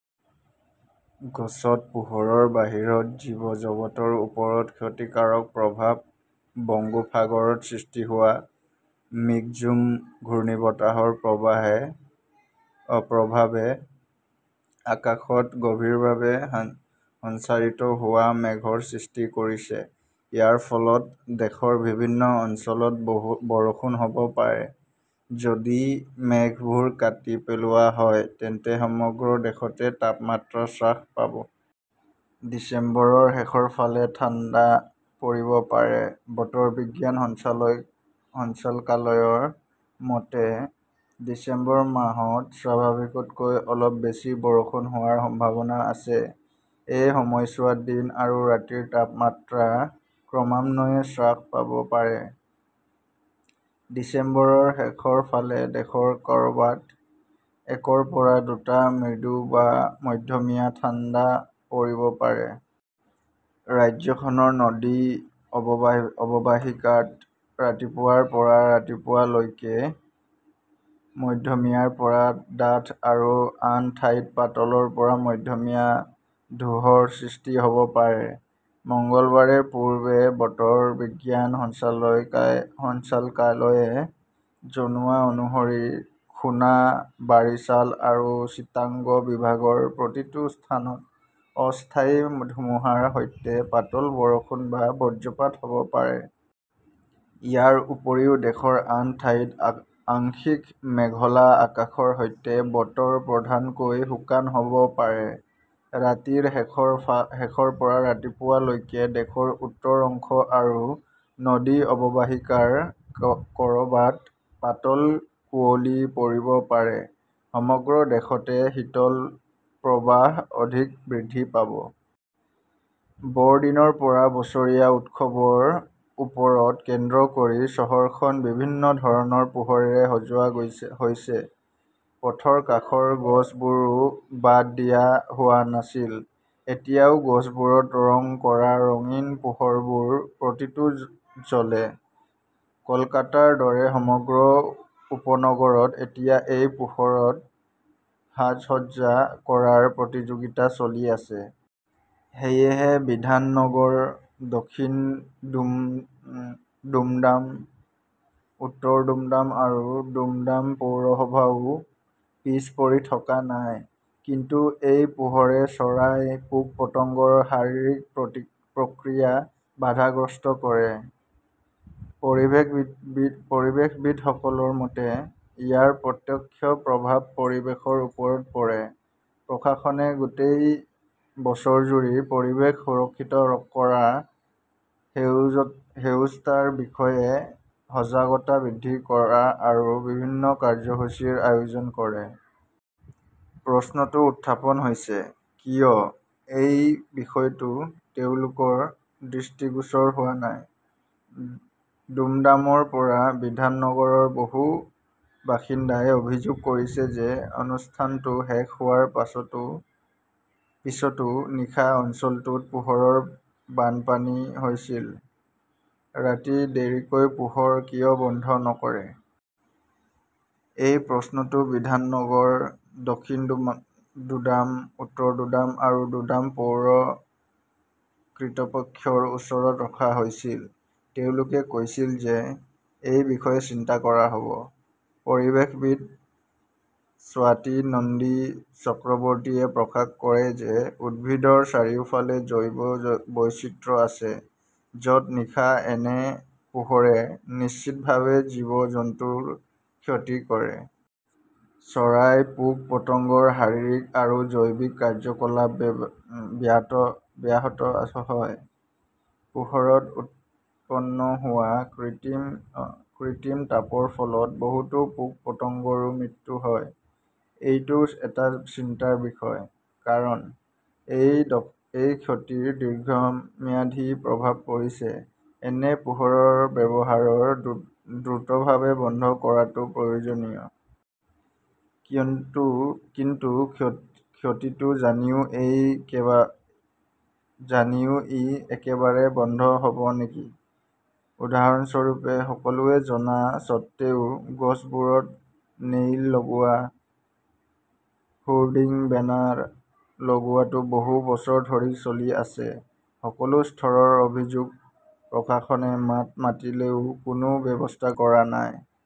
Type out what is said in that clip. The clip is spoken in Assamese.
গছত পোহৰৰ বাহিৰত জীৱজগতৰ ওপৰত ক্ষতিকাৰক প্ৰভাৱ বংগোপসাগৰত সৃষ্টি হোৱা "মিগজুম" ঘূৰ্ণীবতাহৰ প্ৰভাৱে আকাশত গভীৰভাৱে সঞ্চাৰিত হোৱা মেঘৰ সৃষ্টি কৰিছে। ইয়াৰ ফলত দেশৰ বিভিন্ন অঞ্চলত বৰষুণ হ'ব পাৰে। যদি মেঘবোৰ কাটি পেলোৱা হয়, তেন্তে সমগ্ৰ দেশতে তাপমাত্ৰা হ্ৰাস পাব। ডিচেম্বৰৰ শেষৰ ফালে ঠাণ্ডা পৰিব পাৰে। বতৰ বিজ্ঞান সঞ্চালকালয়ৰ মতে, ডিচেম্বৰ মাহত স্বাভাৱিকতকৈ অলপ বেছি বৰষুণ হোৱাৰ সম্ভাৱনা আছে। এই সময়ছোৱাত দিন আৰু ৰাতিৰ তাপমাত্ৰা ক্ৰমান্বয়ে হ্ৰাস হ'ব পাৰে। ডিচেম্বৰৰ শেষৰ ফালে দেশৰ ক'ৰবাত একৰ পৰা দুটা মৃদু বা মধ্যমীয়া ঠাণ্ডা পৰিব পাৰে। ৰাজ্যখনৰ নদী অৱবাহিকাত ৰাতিপুৱাৰ পৰা ৰাতিপুৱা লৈকে মধ্যমীয়াৰ পৰা ডাঠ আৰু আন ঠাইত পাতলৰ পৰা মধ্যমীয়া ধূসৰ সৃষ্টি হ'ব পাৰে। মঙলবাৰে পূৰ্বে বতৰ বিজ্ঞান সঞ্চালকালয়ে জনোৱা অনুসৰি খুনা, বাৰিছাল আৰু চিটাগং বিভাগৰ প্ৰতিটো স্থানত অস্থায়ী ধুমুহাৰ সৈতে পাতল বৰষুণ বা বজ্ৰপাত হ'ব পাৰে। ইয়াৰ উপৰিও দেশৰ আন ঠাইত আংশিক মেঘলা আকাশৰ সৈতে বতৰ প্ৰধানকৈ শুকান হ 'ব পাৰে। ৰাতিৰ শেষৰ পৰা ৰাতিপুৱা লৈকে দেশৰ উত্তৰ অংশ আৰু নদী অৱবাহিকাৰ ক'ৰবাত পাতল কুঁৱলী পৰিব পাৰে। সমগ্ৰ দেশতে শীতল প্ৰৱাহ অধিক বৃদ্ধি পাব। বৰদিনৰ পৰা বছৰীয়া উৎসৱৰ ওপৰত কেন্দ্ৰ কৰি চহৰখন বিভিন্ন ধৰণৰ পোহৰেৰে সজোৱা হৈছে। পথৰ কাষৰ গছবোৰো বাদ দিয়া হোৱা নাছিল। এতিয়াও গছবোৰত ৰং কৰা ৰঙীন পোহৰবোৰ ৰাতিটো জ্বলে। কলকাতাৰ দৰে সমগ্ৰ উপনগৰত এতিয়া এই পোহৰত সাজ-সজ্জা কৰাৰ প্ৰতিযোগিতা চলি আছে। সেয়েহে বিধাননগৰ, দক্ষিণ দুমডাম, উত্তৰ দুমডাম আৰু দুমডাম পৌৰসভাও পিছ পৰি থকা নাই। কিন্তু এই পোহৰে চৰাই, পোক-পতংগৰ শাৰীৰিক প্ৰক্ৰিয়া বাধাগ্ৰস্ত কৰে। পৰিৱেশবিদসকলৰ মতে, ইয়াৰ প্ৰত্যক্ষ প্ৰভাৱ পৰিৱেশৰ ওপৰত পৰে। প্ৰশাসনে গোটেই বছৰজুৰি পৰিৱেশ সুৰক্ষিত কৰা, সেউজতাৰ বিষয়ে সজাগতা বৃদ্ধি কৰা আৰু বিভিন্ন কাৰ্যসূচীৰ আয়োজন কৰে। প্ৰশ্নটো উত্থাপন হৈছে, কিয় এই বিষয়টো তেওঁলোকৰ দৃষ্টিগোচৰ হোৱা নাই? দুমডামৰ পৰা বিধাননগৰৰ বহু বাসিন্দাই অভিযোগ কৰিছে যে অনুষ্ঠানটো শেষ হোৱাৰ পিছতো নিশা অঞ্চলটোত পোহৰৰ বানপানী হৈছিল। ৰাতি দেৰিকৈ পোহৰ কিয় বন্ধ নকৰে? এই প্ৰশ্নটো বিধাননগৰ, দক্ষিণ দুমডাম, উত্তৰ দুডাম আৰু দুডাম পৌৰ কৰ্তৃপক্ষৰ ওচৰত ৰখা হৈছিল। তেওঁলোকে কৈছিল যে এই বিষয়ে চিন্তা কৰা হ'ব। পৰিৱেশবিদ স্বাতী নন্দী চক্ৰৱৰ্তীয়ে প্ৰকাশ কৰে যে উদ্ভিদৰ চাৰিওফালে জৈৱ বৈচিত্ৰ্য আছে, য'ত নিশা এনে পোহৰে নিশ্চিতভাৱে জীৱ-জন্তুৰ ক্ষতি কৰে। চৰাই, পোক-পতংগৰ শাৰীৰিক আৰু জৈৱিক কাৰ্যকলাপ ব্যাহত হয়। পোহৰত উৎপন্ন হোৱা কৃত্ৰিম তাপৰ ফলত বহুতো পোক-পতংগৰো মৃত্যু হয়। এইটো এটা চিন্তাৰ বিষয়। কাৰণ, এই ক্ষতিৰ দীৰ্ঘম্যাদী প্ৰভাৱ পৰিছে। এনে পোহৰৰ ব্যৱহাৰ দ্ৰুতভাৱে বন্ধ কৰাটো প্ৰয়োজনীয়। কিন্তু ক্ষতিটো জানিও ই একেবাৰে বন্ধ হ'ব নেকি? উদাহৰণস্বৰূপে, সকলোৱে জনা স্বত্বেও, গছবোৰত নেইল লগোৱা হোৰ্ডিং-বেনাৰ লগোৱাটো বহু বছৰ ধৰি চলি আছে। সকলো স্তৰৰ অভিযোগ, প্ৰশাসনে মাত মাতিলেও কোনো ব্যৱস্থা গ্ৰহণ কৰা নাই।